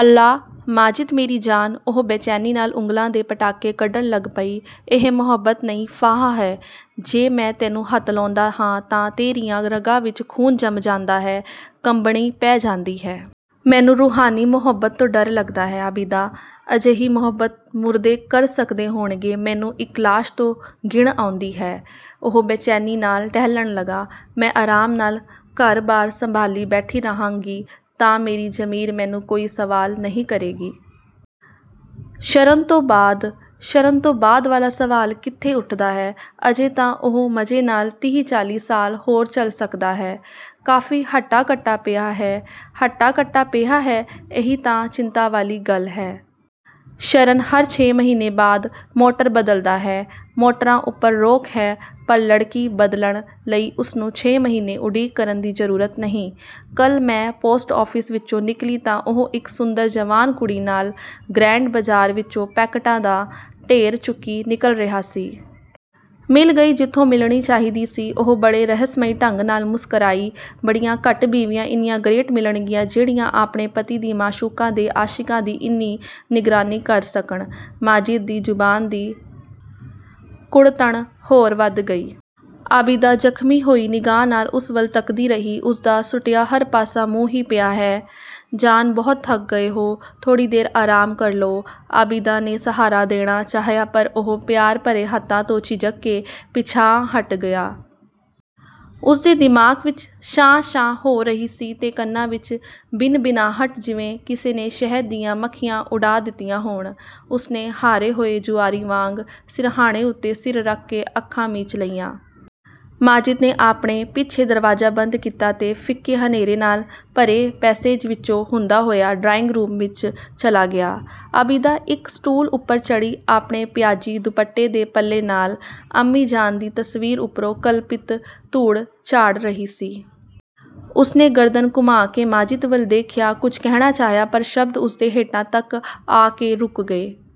"ਅੱਲਾ, ਮਾਜਿਦ ਮੇਰੀ ਜਾਨ," ਉਹ ਬੇਚੈਨੀ ਨਾਲ ਉਂਗਲਾਂ ਦੇ ਪਟਾਕੇ ਕੱਢਣ ਲੱਗ ਪਈ। "ਇਹ ਮੁਹੱਬਤ ਨਹੀਂ ਫਾਹਾ ਹੈ, ਜੇ ਮੈਂ ਤੈਨੂੰ ਹੱਥ ਲਾਉਂਦਾ ਹਾਂ ਤਾਂ ਤੇਰੀਆਂ ਰਗਾਂ ਵਿੱਚ ਖ਼ੂਨ ਜੰਮ ਜਾਂਦਾ ਹੈ, ਕੰਬਣੀ ਪੈ ਜਾਂਦੀ ਹੈ। ਮੈਨੂੰ ਰੂਹਾਨੀ ਮੁਹੱਬਤ ਤੋਂ ਡਰ ਲੱਗਦਾ ਹੈ, ਆਬਿਦਾ। ਅਜਿਹੀ ਮੁਹੱਬਤ ਮੁਰਦੇ ਕਰ ਸਕਦੇ ਹੋਣਗੇ। ਮੈਨੂੰ ਇੱਕ ਲਾਸ਼ ਤੋਂ ਘਿਣ ਆਉਂਦੀ ਹੈ।" ਉਹ ਬੇਚੈਨੀ ਨਾਲ ਟਹਿਲਣ ਲੱਗਾ। "ਮੈਂ ਆਰਾਮ ਨਾਲ ਘਰ-ਬਾਰ ਸੰਭਾਲੀ ਬੈਠੀ ਰਹਾਂਗੀ, ਤਾਂ ਮੇਰੀ ਜ਼ਮੀਰ ਮੈਨੂੰ ਕੋਈ ਸਵਾਲ ਨਹੀਂ ਕਰੇਗੀ? ਸ਼ਰਨ ਤੋਂ ਬਾਅਦ" "ਸ਼ਰਨ ਤੋਂ ਬਾਅਦ ਵਾਲਾ ਸਵਾਲ ਕਿੱਥੇ ਉੱਠਦਾ ਹੈ ਅਜੇ ਤਾਂ ਉਹ ਮਜ਼ੇ ਨਾਲ ਤੀਹ-ਚਾਲੀ ਸਾਲ ਹੋਰ ਚੱਲ ਸਕਦਾ ਹੈ, ਕਾਫ਼ੀ ਹੱਟਾ-ਕੱਟਾ ਪਿਆ ਹੈ।" "ਹੱਟਾ-ਕੱਟਾ ਪਿਆ ਹੈ, ਇਹੀ ਤਾਂ ਚਿੰਤਾ ਵਾਲੀ ਗੱਲ ਹੈ। ਸ਼ਰਨ ਹਰ ਛੇ ਮਹੀਨੇ ਬਾਅਦ ਮੋਟਰ ਬਦਲਦਾ ਹੈ। ਮੋਟਰਾਂ ਉੱਪਰ ਰੋਕ ਹੈ, ਪਰ ਲੜਕੀ ਬਦਲਣ ਲਈ ਉਸਨੂੰ ਛੇ ਮਹੀਨੇ ਉਡੀਕ ਕਰਨ ਦੀ ਜ਼ਰੂਰਤ ਨਹੀਂ। ਕੱਲ੍ਹ ਮੈਂ ਪੋਸਟ ਆਫਿਸ ਵਿੱਚੋਂ ਨਿਕਲੀ ਤਾਂ ਉਹ ਇੱਕ ਸੁੰਦਰ ਜਵਾਨ ਕੁੜੀ ਨਾਲ ਗਰੈਂਡ ਬਾਜ਼ਾਰ ਵਿੱਚੋਂ ਪੈਕਟਾਂ ਦਾ ਢੇਰ ਚੁੱਕੀ ਨਿਕਲ ਰਿਹਾ ਸੀ। "ਮਿਲ ਗਈ ਜਿੱਥੋਂ ਮਿਲਣੀ ਚਾਹੀਦੀ ਸੀ।" ਉਹ ਬੜੇ ਰਹੱਸਮਈ ਢੰਗ ਨਾਲ ਮੁਸਕਰਾਈ। "ਬੜੀਆਂ ਘੱਟ ਬੀਵੀਆਂ ਇੰਨੀਆਂ ਗਰੇਟ ਮਿਲਣਗੀਆਂ ਜਿਹੜੀਆਂ ਆਪਣੇ ਪਤੀ ਦੀ ਮਾਸ਼ੂਕਾ ਦੇ ਆਸ਼ਿਕਾਂ ਦੀ ਇੰਨੀ ਨਿਗਰਾਨੀ ਕਰ ਸਕਣ।" ਮਾਜਿਦ ਦੀ ਜ਼ੁਬਾਨ ਦੀ ਕੁੜੱਤਣ ਹੋਰ ਵਧ ਗਈ। ਆਬਿਦਾ ਜ਼ਖ਼ਮੀ ਹੋਈ ਨਿਗਾਹ ਨਾਲ ਉਸ ਵੱਲ ਤੱਕਦੀ ਰਹੀ। ਉਸਦਾ ਸੁੱਟਿਆ ਹਰ ਪਾਸਾ ਮੂੰਹ ਹੀ ਪਿਆ ਹੈ। "ਜਾਨ, ਬਹੁਤ ਥੱਕ ਗਏ ਹੋ, ਥੋੜ੍ਹੀ ਦੇਰ ਆਰਾਮ ਕਰ ਲਓ।" ਆਬਿਦਾ ਨੇ ਸਹਾਰਾ ਦੇਣਾ ਚਾਹਿਆ ਪਰ ਉਹ ਪਿਆਰ ਭਰੇ ਹੱਥਾਂ ਤੋਂ ਝਿਜਕ ਕੇ ਪਿੱਛਾਂਹ ਹਟ ਗਿਆ। ਉਸਦੇ ਦਿਮਾਗ਼ ਵਿੱਚ 'ਸ਼ਾਂ-ਸ਼ਾਂ' ਹੋ ਰਹੀ ਸੀ ਤੇ ਕੰਨਾਂ ਵਿੱਚ ਭਿਨਭਿਨਾਹਟ, ਜਿਵੇਂ ਕਿਸੇ ਨੇ ਸ਼ਹਿਦ ਦੀਆਂ ਮੱਖੀਆਂ ਉਡਾ ਦਿੱਤੀਆਂ ਹੋਣ। ਉਸਨੇ ਹਾਰੇ ਹੋਏ ਜੁਆਰੀ ਵਾਂਗ ਸਿਰਹਾਣੇ ਉੱਤੇ ਸਿਰ ਰੱਖ ਕੇ ਅੱਖਾਂ ਮੀਚ ਲਈਆਂ। ਮਾਜਿਦ ਨੇ ਆਪਣੇ ਪਿੱਛੇ ਦਰਵਾਜ਼ਾ ਬੰਦ ਕੀਤਾ ਤੇ ਫਿੱਕੇ-ਹਨੇਰੇ ਨਾਲ ਭਰੇ ਪੈਸੇਜ ਵਿੱਚੋਂ ਹੁੰਦਾ ਹੋਇਆ ਡਰਾਇੰਗ-ਰੂਮ ਵਿੱਚ ਚਲਾ ਗਿਆ। ਆਬਿਦਾ ਇੱਕ ਸਟੂਲ ਉੱਪਰ ਚੜ੍ਹੀ, ਆਪਣੇ ਪਿਆਜ਼ੀ ਦੁਪੱਟੇ ਦੇ ਪੱਲੇ ਨਾਲ, ਅੰਮੀ ਜਾਨ ਦੀ ਤਸਵੀਰ ਉੱਪਰੋਂ ਕਲਪਿਤ ਧੂੜ ਝਾੜ ਰਹੀ ਸੀ। ਉਸਨੇ ਗਰਦਨ ਘੁਮਾ ਕੇ ਮਾਜਿਦ ਵੱਲ ਦੇਖਿਆ। ਕੁਝ ਕਹਿਣਾ ਚਾਹਿਆ ਪਰ ਸ਼ਬਦ ਉਸਦੇ ਹੋਠਾਂ ਤੱਕ ਆ ਕੇ ਰੁਕ ਗਏ।